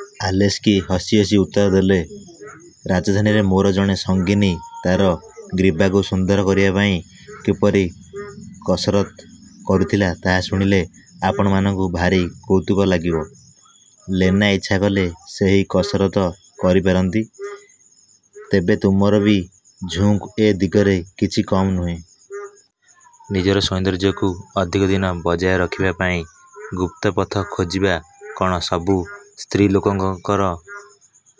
'' ଆଲେସ୍କି ହସି ହସି ଉତ୍ତର ଦେଲେ। ''ରାଜଧାନୀରେ ମୋର ଜଣେ ସଙ୍ଗିନୀ ତା'ର ଗ୍ରୀବାକୁ ସୁନ୍ଦର କରିବା ପାଇଁ କିପରି କସରତ୍ କରୁଥିଲା, ତାହା ଶୁଣିଲେ ଆପଣମାନଙ୍କୁ ଭାରି କୌତୁକ ଲାଗିବ। ଲେନା ଇଚ୍ଛାକଲେ ସେହି କସରତ କରିପାରନ୍ତି। '' ତେବେ ତୁମର ବି ଝୁଙ୍କ୍ ଏ ଦିଗରେ କିଛି କମ୍ ନୁହେଁ। ନିଜର ସୌନ୍ଦର୍ଯ୍ୟକୁ ଅଧିକ ଦିନ ବଜାୟ ରଖିବା ପାଇଁ ଗୁପ୍ତପଥ ଖୋଜିବା କ'ଣ ସବୁ ସ୍ତ୍ରୀଲୋକଙ୍କର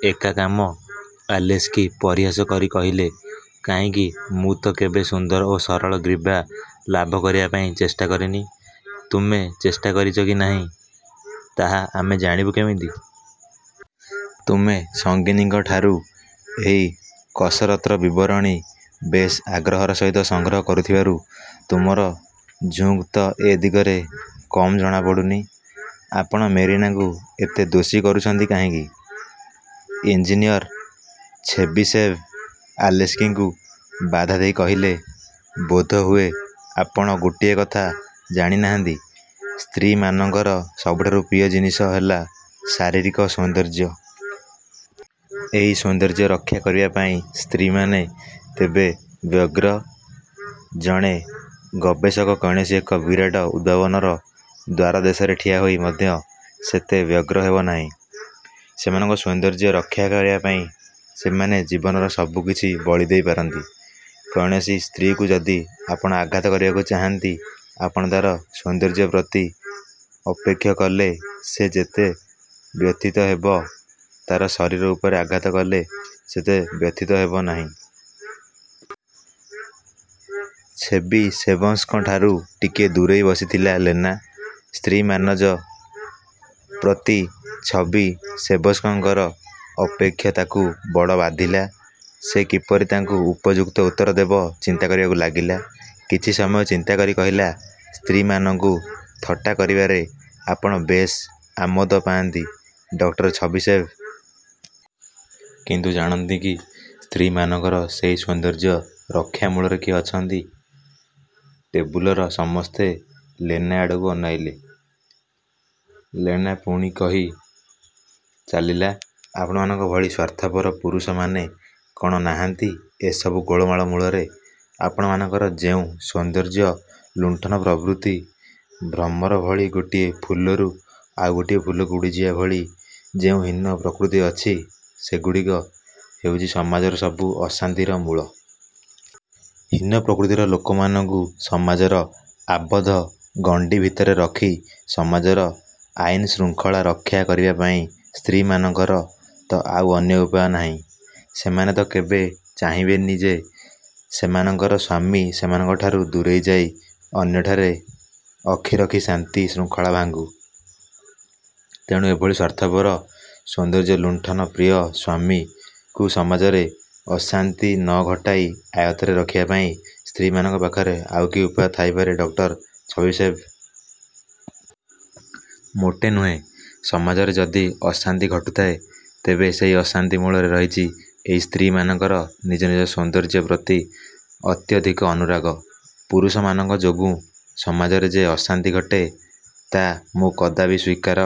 ଏକା କାମ। '' ଆଲେସ୍କି ପରିହାସ କରି କହିଲେ। ''କାହିଁକି, ମୁଁ ତ କେବେ ସୁନ୍ଦର ଓ ସରଳ ଗ୍ରୀବା ଲାଭ କରିବା ପାଇଁ ଚେଷ୍ଟା କରିନି। '' ''ତୁମେ ଚେଷ୍ଟା କରିଛ କି ନାହିଁ, ତାହା ଆମେ ଜାଣିବୁ କେମିତି? ତୁମେ ସଙ୍ଗିନୀଙ୍କଠାରୁ ଏହି କସରତ୍ର ବିବରଣୀ ବେଶ୍ ଆଗ୍ରହର ସହିତ ସଂଗ୍ରହ କରୁଥିବାରୁ ତୁମର ଝୁଙ୍କ୍ ତ ଏ ଦିଗରେ କମ୍ ଜଣାପଡ଼ୁନି। '' ''ଆପଣ ମେରିନାଙ୍କୁ ଏତେ ଦୋଷୀ କରୁଛନ୍ତି କାହିଁକି? '' ଇଞ୍ଜିନିୟର ଛେବିସେଭ୍ ଆଲେସ୍କିଙ୍କୁ ବାଧା ଦେଇ କହିଲେ। ''ବୋଧହୁଏ ଆପଣ ଗୋଟିଏ କଥା ଜାଣିନାହାନ୍ତି-ସ୍ତ୍ରୀମାନଙ୍କର ସବୁଠାରୁ ପ୍ରିୟ ଜିନିଷ ହେଲା ଶାରୀରିକ ସୌନ୍ଦର୍ଯ୍ୟ। ଏହି ସୌନ୍ଦର୍ଯ୍ୟ ରକ୍ଷା କରିବା ପାଇଁ ସ୍ତ୍ରୀମାନେ ଯେତେ ବ୍ୟଗ୍ର, ଜଣେ ଗବେଷକ କୌଣସି ଏକ ବିରାଟ ଉଦ୍ଭାବନର ଦ୍ୱାରଦେଶରେ ଠିଆହୋଇ ମଧ୍ୟ ସେତେ ବ୍ୟଗ୍ର ହେବ ନାହିଁ। ସେମାନଙ୍କ ସୌନ୍ଦର୍ଯ୍ୟ ରକ୍ଷା କରିବା ପାଇଁ ସେମାନେ ଜୀବନର ସବୁ କିଛି ବଳିଦେଇ ପାରନ୍ତି। କୌଣସି ସ୍ତ୍ରୀକୁ ଯଦି ଆପଣ ଆଘାତ କରିବାକୁ ଚାହାନ୍ତି, ଆପଣ ତା'ର ସୌନ୍ଦର୍ଯ୍ୟ ପ୍ରତି ଆପେକ୍ଷ କଲେ ସେ ଯେତେ ବ୍ୟଥିତ ହେବ, ତାର ଶରୀର ଉପରେ ଆଘାତ କଲେ ସେତେ ବ୍ୟଥିତ ହେବ ନାହିଁ। '' ଛେବିସେଭ୍ଙ୍କଠାରୁ ଟିକିଏ ଦୂରେଇ ବସିଥିଲା ଲେନା। ସ୍ତ୍ରୀସମାଜ ପ୍ରତି ଛେବିସେଭ୍ଙ୍କର ଆପେକ୍ଷ ତା'କୁ ବଡ଼ ବାଧିଲା। ସେ କିପରି ତାଙ୍କୁ ଉପଯୁକ୍ତ ଉତ୍ତର ଦେବ ଚିନ୍ତା କରିବାକୁ ଲାଗିଲା। କିଛି ସମୟ ଚିନ୍ତା କରି କହିଲା, ''ସ୍ତ୍ରୀମାନଙ୍କୁ ଥଟ୍ଟା କରିବାରେ ଆପଣ ବେଶ୍ ଆମୋଦ ପାଆନ୍ତି ଡକ୍ଟର ଛେବିସେଭ୍! କିନ୍ତୁ ଜାଣନ୍ତି କି ସ୍ତ୍ରୀମାନଙ୍କର ସେହି ସୌନ୍ଦର୍ଯ୍ୟ ରକ୍ଷା ମୂଳରେ କିଏ ଅଛନ୍ତି? '' ଟେବୁଲର ସମସ୍ତେ ଲେନା ଆଡ଼କୁ ଅନାଇଲେ। ଲେନା ପୁଣି କହି ଚାଲିଲା ''ଆପଣମାନଙ୍କ ଭଳି ସ୍ୱାର୍ଥପର ପୁରୁଷମାନେ କଣ ନାହାନ୍ତି ଏସବୁ ଗୋଳମାଳ ମୂଳରେ? ଆପଣମାନଙ୍କର ଯେଉଁ ସୌନ୍ଦର୍ଯ୍ୟଲୁଣ୍ଠନ ପ୍ରବୃତ୍ତି, ଭ୍ରମରଭଳି ଗୋଟିଏ ଫୁଲରୁ ଆଉ ଗୋଟିଏ ଫୁଲକୁ ଉଡ଼ିଯିବା ଭଳି ଯେଉଁ ହୀନ ପ୍ରକୃତି ଅଛି, ସେଗୁଡ଼ିକ ହେଉଛି ସମାଜର ସବୁ ଅଶାନ୍ତିର ମୂଳ-। ହୀନ ପ୍ରକୃତିର ଲୋକମାନଙ୍କୁ ସମାଜର ଆବଦ୍ଧ ଗଣ୍ଡି ଭିତରେ ରଖି ସମାଜର ଆଇନ୍ଶୃଙ୍ଖଳା ରକ୍ଷା କରିବା ପାଇଁ ସ୍ତ୍ରୀମାନଙ୍କର ତ ଆଉ ଅନ୍ୟ ଉପାୟ ନାହିଁ। ସେମାନେ ତ କେବେ ଚାହିଁବେନି ଯେ ସେମାନଙ୍କର ସ୍ୱାମୀ ସେମାନଙ୍କଠାରୁ ଦୂରେଇଯାଇ ଅନ୍ୟଠାରେ ଆଖିରଖି ଶାନ୍ତି-ଶୃଙ୍ଖଳା ଭାଙ୍ଗୁ। ତେଣୁ ଏଭଳି ସ୍ୱାର୍ଥପର, ସୌନ୍ଦର୍ଯ୍ୟଲୁଣ୍ଠନପ୍ରିୟ ସ୍ୱାମୀକୁ ସମାଜରେ ଅଶାନ୍ତି ନ ଘଟାଇ ଆୟତ୍ତରେ ରଖିବା ପାଇଁ ସ୍ତ୍ରୀମାନଙ୍କ ପାଖରେ ଆଉ କି ଉପାୟ ଥାଇପାରେ ଉକ୍ଟର ଛେବିସେଭ୍। '' ''ମୋଟେ ନୁହେଁ। ସମାଜରେ ଯଦି ଅଶାନ୍ତି ଘଟୁଥାଏ, ତେବେ ସେହି ଅଶାନ୍ତି ମୂଳରେ ରହିଛି ଏଇ ସ୍ତ୍ରୀମାନଙ୍କର ନିଜ ନିଜ ସୌନ୍ଦର୍ଯ୍ୟ ପ୍ରତି ଅତ୍ୟଧିକ ଅନୁରାଗ। ପୁରୁଷମାନଙ୍କ ଯୋଗୁଁ ସମାଜରେ ଯେ ଅଶାନ୍ତି ଘଟେ, ତା ମୁଁ କଦାପି ସ୍ୱୀକାର